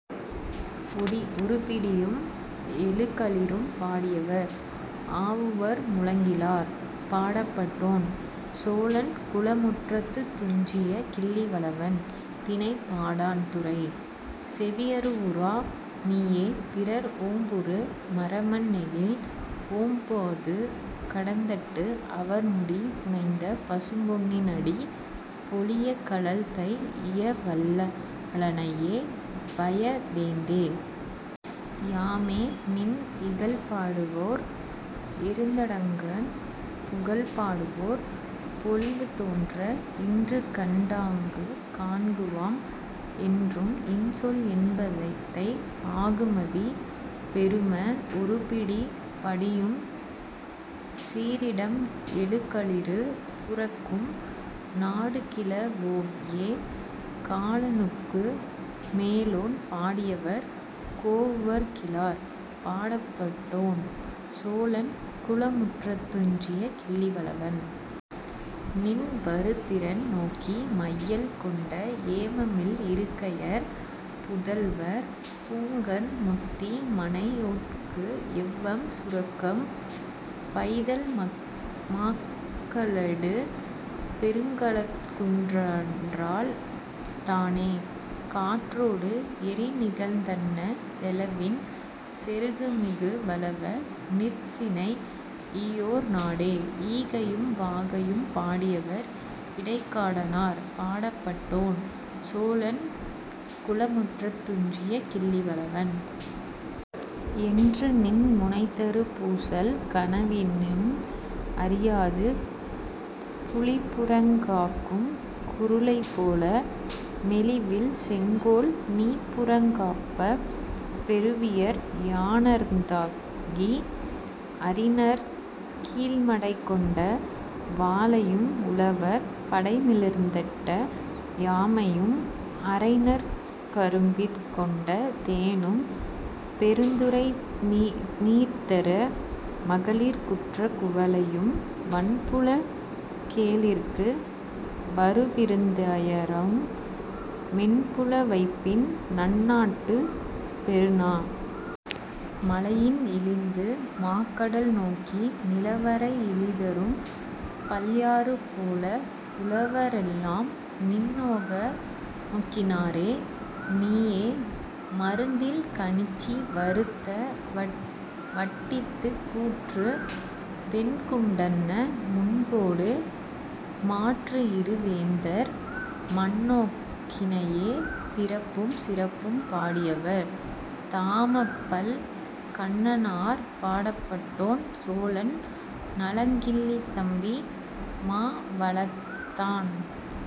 ஒரு பிடியும் எழு களிரும்! பாடியவர்: ஆவூர் மூலங்கிழார். பாடப்பட்டோன்: சோழன் குளமுற்றத்துத் துஞ்சிய கிள்ளிவளவன். திணை:பாடாண். துறை: செவியறிவுறூஉ. நீயே, பிறர் ஓம்புறு மறமன் னெயில் ஓம்பாது கடந்தட்டு, அவர் முடி புனைந்த பசும் பொன்னின் அடி பொலியக் கழல் தைஇய வல் லாளனை, வய வேந்தே! யாமே, நின், இகழ் பாடுவோர் எருத்தடங்கப், புகழ் பாடுவோர் பொலிவு தோன்ற, இன்றுகண் டாங்குக் காண்குவம், என்றும் இன்சொல் எண்பதத்தை ஆகுமதி; பெரும! ஒருபிடி படியுஞ் சீறிடம் எழுகளிறு புரக்கும் நாடுகிழ வோயே!. காலனுக்கு மேலோன்! பாடியவர்: கோவூர் கிழார். பாடப்பட்டோன்: சோழன் குளமுற்றத்துத் துஞ்சிய கிள்ளிவளவன். நின் வருதிறன் நோக்கி, மையல் கொண்ட ஏமம்இல் இருக்கையர், புதல்வர் பூங்கண் முத்தி, மனையோட்கு எவ்வம் சுரக்கும் பைதல் மாக்களடு பெருங்கலக் குற்றன்றால் தானே; காற்றோடு எரிநிகழ்ந் தன்ன செலவின் செருமிகு வளவ! நிற் சினைஇயோர் நாடே.. ஈகையும் வாகையும்! பாடியவர்: இடைக்காடனார். பாடப்பட்டோன்: சோழன் குளமுற்றத்துத் துஞ்சிய கிள்ளி வளவன். ' என்று, நின் முனைதரு பூசல் கனவினும் அறியாது, புலிபுறங் காக்கும் குருளை போல, மெலிவில் செங்கோல் நீபுறங் காப்பப், பெருவிறல் யாணர்த் தாகி, அரிநர் கீழ்மடைக் கொண்ட வாளையும், உழவர் படைமிளிர்ந் திட்ட யாமையும், அறைநர் கரும்பிற் கொண்ட தேனும், பெருந்துறை நீர்தரு மகளிர் குற்ற குவளையும், வன்புலக் கேளிர்க்கு வருவிருந் தயரும் மென்புல வைப்பின் நன்னாட்டுப் பொருந! மலையின் இழிந்து, மாக்கடல் நோக்கி, நிலவரை இழிதரும் பல்யாறு போலப், புலவ ரெல்லாம் நின்நோக் கினரே; நீயே, மருந்தில் கணிச்சி வருந்த வட்டித்துக் கூற்றுவெகுண் டன்ன முன்பொடு, மாற்றுஇரு வேந்தர் மண்நோக் கினையே.. பிறப்பும் சிறப்பும்! பாடியவர்: தாமப்பல் கண்ணனார், பாடப்பட்டோன்: சோழன் நலங்கிள்ளி தம்பி மாவளத்தான்.